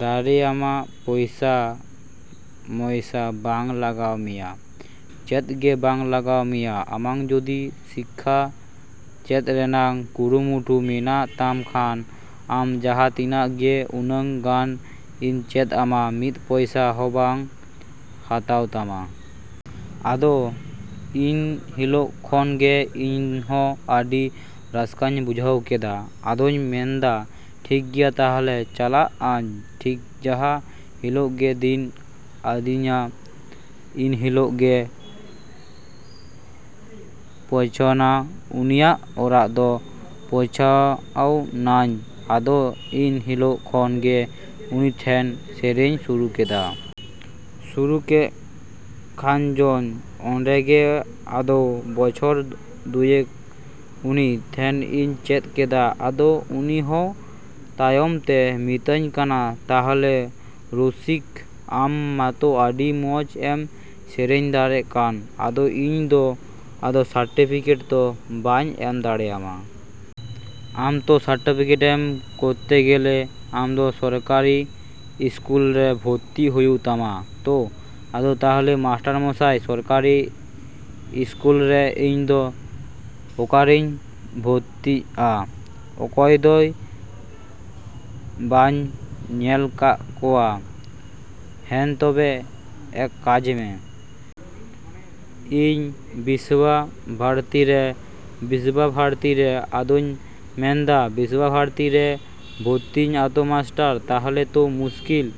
ᱫᱟᱲᱮ ᱟᱢᱟ᱾ ᱯᱚᱭᱥᱟ ᱢᱚᱭᱥᱟ ᱵᱟᱝ ᱞᱟᱜᱟᱣ ᱢᱮᱭᱟ, ᱪᱮᱫ ᱜᱮ ᱵᱟᱝ ᱞᱟᱜᱟᱣ ᱢᱮᱭᱟ᱾ ᱟᱢᱟᱜ ᱡᱚᱫᱤ ᱥᱤᱠᱠᱷᱟ ᱪᱮᱫ ᱨᱮᱱᱟᱜ ᱠᱩᱨᱩᱢᱩᱴᱩ ᱢᱮᱱᱟᱜ ᱛᱟᱢ ᱠᱷᱟᱱ, ᱟᱢ ᱡᱟᱸᱦᱟ ᱛᱤᱱᱟᱹᱜ ᱜᱮ ᱩᱱᱟᱹᱜ ᱜᱟᱱ ᱤᱧ ᱪᱮᱫ ᱟᱢᱟ᱾ ᱢᱤᱫ ᱯᱚᱭᱥᱟ ᱦᱚᱵᱟᱧ ᱦᱟᱛᱟᱣ ᱛᱟᱢᱟ᱾ ᱟᱫᱚ ᱮᱱᱦᱤᱞᱳᱜ ᱠᱷᱚᱱ ᱜᱮ ᱤᱧᱦᱚᱸ ᱟᱹᱰᱤ ᱨᱟᱹᱥᱠᱟᱹᱧ ᱵᱩᱡᱷᱟᱹᱣ ᱠᱮᱫᱟ᱾ ᱟᱫᱚᱧ ᱢᱮᱱᱫᱟ, ᱴᱷᱤᱠ ᱜᱮᱭᱟ ᱛᱟᱦᱞᱮ ᱪᱟᱞᱟᱜ ᱟᱹᱧ᱾ ᱴᱷᱤᱠ ᱡᱟᱸᱦᱟ ᱦᱤᱞᱳᱜ ᱜᱮᱭ ᱫᱤᱱ ᱟᱫᱤᱧᱟ, ᱮᱱᱦᱤᱞᱳᱜ ᱜᱮ ᱯᱳᱪᱷᱟᱣᱱᱟ ᱩᱱᱤᱭᱟᱜ ᱚᱲᱟᱜ ᱫᱚ᱾ ᱯᱳᱪᱷᱟᱣ ᱱᱟᱧ᱾ ᱟᱫᱚ ᱮᱱ ᱦᱤᱞᱳᱜ ᱠᱷᱚᱱᱜᱮ ᱩᱱᱤ ᱴᱷᱮᱱ ᱥᱮᱨᱮᱧ ᱥᱩᱨᱩ ᱠᱮᱫᱟ᱾ ᱥᱩᱨᱩ ᱠᱮᱜ ᱠᱷᱟᱱᱤᱧ ᱚᱱᱰᱮ ᱜᱮ ᱟᱫᱚ ᱵᱚᱪᱷᱚᱨ ᱫᱩᱭᱮᱠ ᱩᱱᱤ ᱴᱷᱮᱱ ᱤᱧ ᱪᱮᱫ ᱠᱮᱫᱟ᱾ ᱟᱫᱚ ᱩᱱᱤᱦᱚᱸ ᱛᱟᱭᱚᱢᱛᱮ ᱢᱮᱛᱟᱧ ᱠᱟᱱᱟ, ᱛᱟᱦᱞᱮ ᱨᱚᱥᱤᱠ, ᱟᱢ ᱢᱟᱛᱚ ᱟᱹᱰᱤ ᱢᱚᱸᱡ ᱮᱢ ᱥᱮᱨᱮᱧ ᱫᱟᱲᱮᱜ ᱠᱟᱱ᱾ ᱟᱫᱚ ᱤᱧ ᱫᱚ ᱟᱫᱚ ᱥᱟᱨᱴᱤᱯᱷᱤᱠᱮᱴ ᱛᱚ ᱵᱟᱹᱧ ᱮᱢ ᱫᱟᱲᱮ ᱟᱢᱟ᱾ ᱟᱢ ᱛᱚ ᱥᱟᱨᱴᱤᱯᱷᱤᱠᱮᱴ ᱮᱢ ᱠᱚᱨᱛᱮ ᱜᱮᱞᱮ ᱟᱢᱫᱚ ᱥᱚᱨᱠᱟᱨᱤ ᱤᱥᱠᱩᱞ ᱨᱮ ᱵᱷᱚᱨᱛᱤ ᱦᱩᱭᱩᱜ ᱛᱟᱢᱟ ᱛᱚ? ᱟᱫᱚ, ᱛᱟᱦᱞᱮ ᱢᱟᱥᱴᱟᱨ ᱢᱚᱥᱟᱭ, ᱥᱚᱠᱟᱨᱤ ᱤᱥᱠᱩᱞᱨᱮ ᱤᱧ ᱫᱚ ᱚᱠᱟᱨᱮᱧ ᱵᱷᱚᱨᱛᱤᱜ-ᱟ? ᱚᱠᱚᱭᱫᱚ ᱵᱟᱹᱧ ᱧᱮᱞ ᱠᱟᱜ ᱠᱚᱣᱟ᱾ ᱦᱮᱸ ᱛᱚᱵᱮ ᱮᱠ ᱠᱟᱡ ᱢᱮ᱾ ᱤᱧ ᱵᱤᱥᱥᱚ ᱵᱷᱟᱨᱚᱛᱤ ᱨᱮ, ᱵᱤᱥᱥᱚ ᱵᱷᱟᱨᱚᱛᱤᱨᱮ᱾ ᱟᱫᱚᱧ ᱢᱮᱱᱫᱟ, ᱵᱤᱥᱥᱚ ᱵᱷᱟᱨᱚᱛᱤᱨᱮ ᱵᱷᱚᱨᱛᱤᱧ ᱟᱛᱚ ᱢᱟᱥᱴᱟᱨ, ᱛᱟᱦᱞᱮ ᱛᱚ ᱢᱩᱥᱠᱤᱞ᱾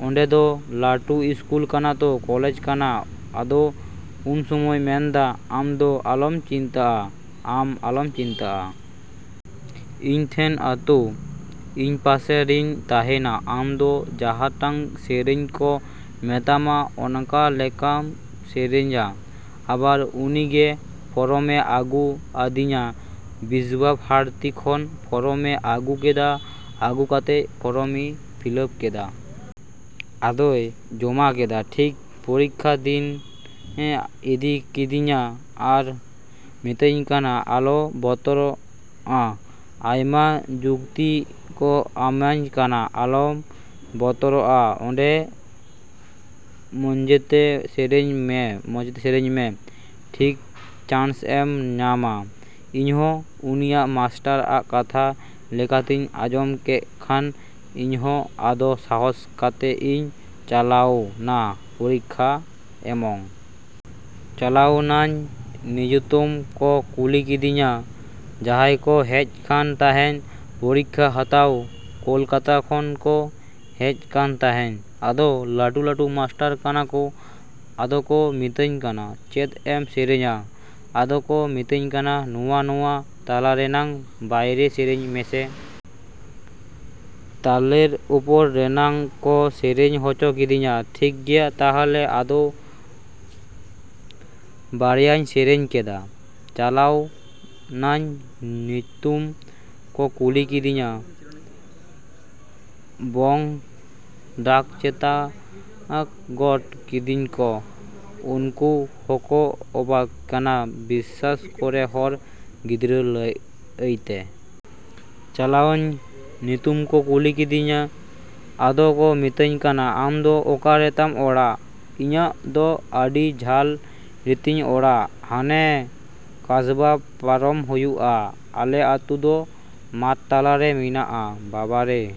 ᱚᱱᱰᱮ ᱫᱚ ᱞᱟᱹᱴᱩ ᱤᱥᱠᱩᱞ ᱠᱟᱱᱟ ᱛᱚ, ᱠᱚᱞᱮᱡ ᱠᱟᱱᱟ᱾ ᱟᱫᱚ ᱩᱱ ᱥᱚᱢᱚᱭ ᱢᱮᱱᱫᱟ, ᱟᱢ ᱫᱚ ᱟᱞᱚᱢ ᱪᱤᱱᱛᱟᱜ-ᱟ᱾ ᱟᱢ ᱟᱞᱚᱢ ᱪᱤᱱᱛᱟᱜ-ᱟ᱾ ᱤᱧ ᱛᱟᱸᱦᱮᱱ ᱟᱛᱚ, ᱤᱧ ᱯᱟᱥᱮ ᱨᱤᱧ ᱛᱟᱸᱦᱮᱱᱟ᱾ ᱟᱢ ᱫᱚ ᱡᱟᱸᱦᱟᱴᱟᱜ ᱥᱮᱨᱮᱧ ᱠᱚ ᱢᱮᱛᱟᱢᱟ, ᱚᱱᱠᱟ ᱞᱮᱠᱟᱢ ᱥᱮᱨᱮᱧᱟ᱾ ᱟᱵᱟᱨ ᱩᱱᱤᱜᱮ ᱯᱷᱚᱨᱚᱢᱮ ᱟᱹᱜᱩ ᱟᱹᱫᱤᱧᱟ᱾ ᱵᱤᱥᱥᱚ ᱵᱷᱟᱨᱚᱛᱤ ᱠᱷᱚᱱ ᱯᱷᱚᱨᱚᱢᱮ ᱟᱹᱜᱩ ᱠᱮᱫᱟ᱾ ᱟᱹᱜᱩ ᱠᱟᱛᱮᱜ ᱯᱷᱚᱨᱚᱢ ᱮ ᱯᱷᱤᱞᱟᱯ ᱠᱮᱫᱟ᱾ ᱟᱫᱚᱭ ᱡᱚᱢᱟ ᱠᱮᱫᱟ᱾ ᱴᱷᱤᱠ ᱯᱚᱨᱤᱠᱠᱷᱟ ᱫᱤᱱᱮ ᱤᱫᱤ ᱠᱮᱫᱤᱧᱟ ᱟᱨᱮ ᱢᱤᱛᱟᱹᱧ ᱠᱟᱱᱟ, ᱟᱞᱚᱢ ᱵᱚᱛᱨᱚᱜ-ᱟ᱾ ᱟᱭᱢᱟ ᱡᱩᱠᱛᱤ ᱠᱚᱭ ᱮᱢᱟᱹᱧ ᱠᱟᱱᱟ, ᱟᱞᱚᱢ ᱵᱚᱛᱚᱨᱚᱜ-ᱟ᱾ ᱚᱱᱰᱮ ᱢᱚᱸᱡᱛᱮ ᱥᱮᱨᱮᱧ ᱢᱮ᱾ ᱴᱷᱤᱠ ᱪᱟᱱᱥ ᱮᱢ ᱧᱟᱢᱟ᱾ ᱤᱧᱦᱚᱸ ᱩᱱᱤᱭᱟᱜ ᱢᱟᱥᱴᱟᱨ ᱟᱜ ᱠᱟᱛᱷᱟ ᱞᱮᱠᱟᱛᱤᱧ ᱟᱸᱡᱚᱢ ᱠᱮᱜ ᱠᱷᱟᱱ, ᱤᱧᱦᱚᱸ ᱟᱫᱚ ᱥᱟᱦᱚᱥ ᱠᱟᱛᱮᱜ ᱤᱧ ᱪᱟᱞᱟᱣᱱᱟ ᱯᱚᱨᱤᱠᱠᱷᱟ ᱮᱢᱚᱜ᱾ ᱪᱟᱞᱟᱣᱱᱟᱧ᱾ ᱧᱩᱛᱩᱢ ᱠᱚ ᱠᱩᱞᱤ ᱠᱤᱫᱤᱧᱟ᱾ ᱡᱟᱸᱦᱟᱭ ᱠᱚ ᱦᱮᱡ ᱠᱟᱱ ᱛᱟᱸᱦᱮᱜ ᱯᱚᱨᱤᱠᱠᱷᱟ ᱦᱟᱛᱟᱣ, ᱠᱚᱞᱠᱟᱛᱟ ᱠᱷᱚᱱ ᱠᱚ ᱦᱮᱡ ᱠᱟᱱ ᱛᱟᱸᱦᱮᱜ᱾ ᱟᱫᱚ ᱞᱟᱹᱴᱩ ᱞᱟᱹᱴᱩ ᱢᱟᱥᱴᱟᱨ ᱠᱟᱱᱟ ᱠᱚ᱾ ᱟᱫᱚ ᱠᱚ ᱢᱤᱛᱟᱹᱧ ᱠᱟᱱᱟ, ᱪᱮᱫ ᱮᱢ ᱥᱮᱨᱮᱧᱟ? ᱟᱫᱚ ᱠᱚ ᱢᱤᱛᱟᱹᱧ ᱠᱟᱱᱟ, ᱱᱚᱣᱟ ᱱᱚᱣᱟ ᱛᱟᱞ ᱨᱮᱭᱟᱜ ᱵᱟᱨᱭᱟ ᱥᱮᱨᱮᱧ ᱢᱮᱥᱮ᱾ ᱛᱟᱞᱮᱨ ᱩᱯᱚᱨ ᱨᱮᱭᱟᱜ ᱠᱚ ᱥᱮᱨᱮᱧ ᱦᱚᱪᱚ ᱠᱤᱫᱤᱧᱟ᱾ ᱴᱷᱤᱠ ᱜᱮᱭᱟ ᱛᱟᱦᱞᱮ ᱟᱫᱚ ᱵᱟᱨᱭᱟᱧ ᱥᱮᱨᱮᱧ ᱠᱮᱫᱟ᱾ ᱪᱟᱞᱟᱣᱱᱟᱧ᱾ ᱧᱩᱛᱩᱢ ᱠᱚ ᱠᱩᱞᱤ ᱠᱤᱫᱤᱧᱟ᱾ ᱵᱚᱦᱚᱜ ᱫᱟᱜ ᱪᱮᱴᱟᱜ ᱜᱚᱫ ᱠᱤᱫᱤᱧᱟᱠᱚ᱾ ᱩᱱᱠᱩ ᱦᱚᱸᱠᱚ ᱚᱵᱟᱠ ᱠᱟᱱᱟ ᱵᱤᱥᱮᱥ ᱠᱚᱨᱮ ᱦᱚᱲ ᱜᱤᱫᱽᱨᱟᱹ ᱤᱭᱟᱹᱛᱮ᱾ ᱪᱟᱞᱟᱣᱱᱟᱧ᱾ ᱧᱩᱛᱩᱢ ᱠᱚ ᱠᱩᱞᱤ ᱠᱤᱫᱤᱧᱟ᱾ ᱟᱫᱚ ᱠᱚ ᱢᱤᱛᱟᱹᱧ ᱠᱟᱱᱟ, ᱟᱢ ᱫᱚ ᱚᱠᱟ ᱨᱮᱛᱟᱢ ᱚᱲᱟᱜ? ᱤᱧᱟᱹᱜ ᱫᱚ ᱟᱹᱰᱤ ᱡᱷᱟᱹᱞ ᱨᱮᱛᱤᱧ ᱚᱲᱟᱜ᱾ ᱦᱟᱱᱮ ᱠᱚᱥᱵᱟ ᱯᱟᱨᱚᱢ ᱦᱩᱭᱩᱜ-ᱟ᱾ ᱟᱞᱮ ᱟᱹᱛᱩ ᱫᱚ ᱢᱟᱴᱷ ᱛᱟᱞᱟᱨᱮ ᱢᱮᱱᱟᱜ-ᱟ᱾ ᱵᱟᱵᱟᱨᱮ!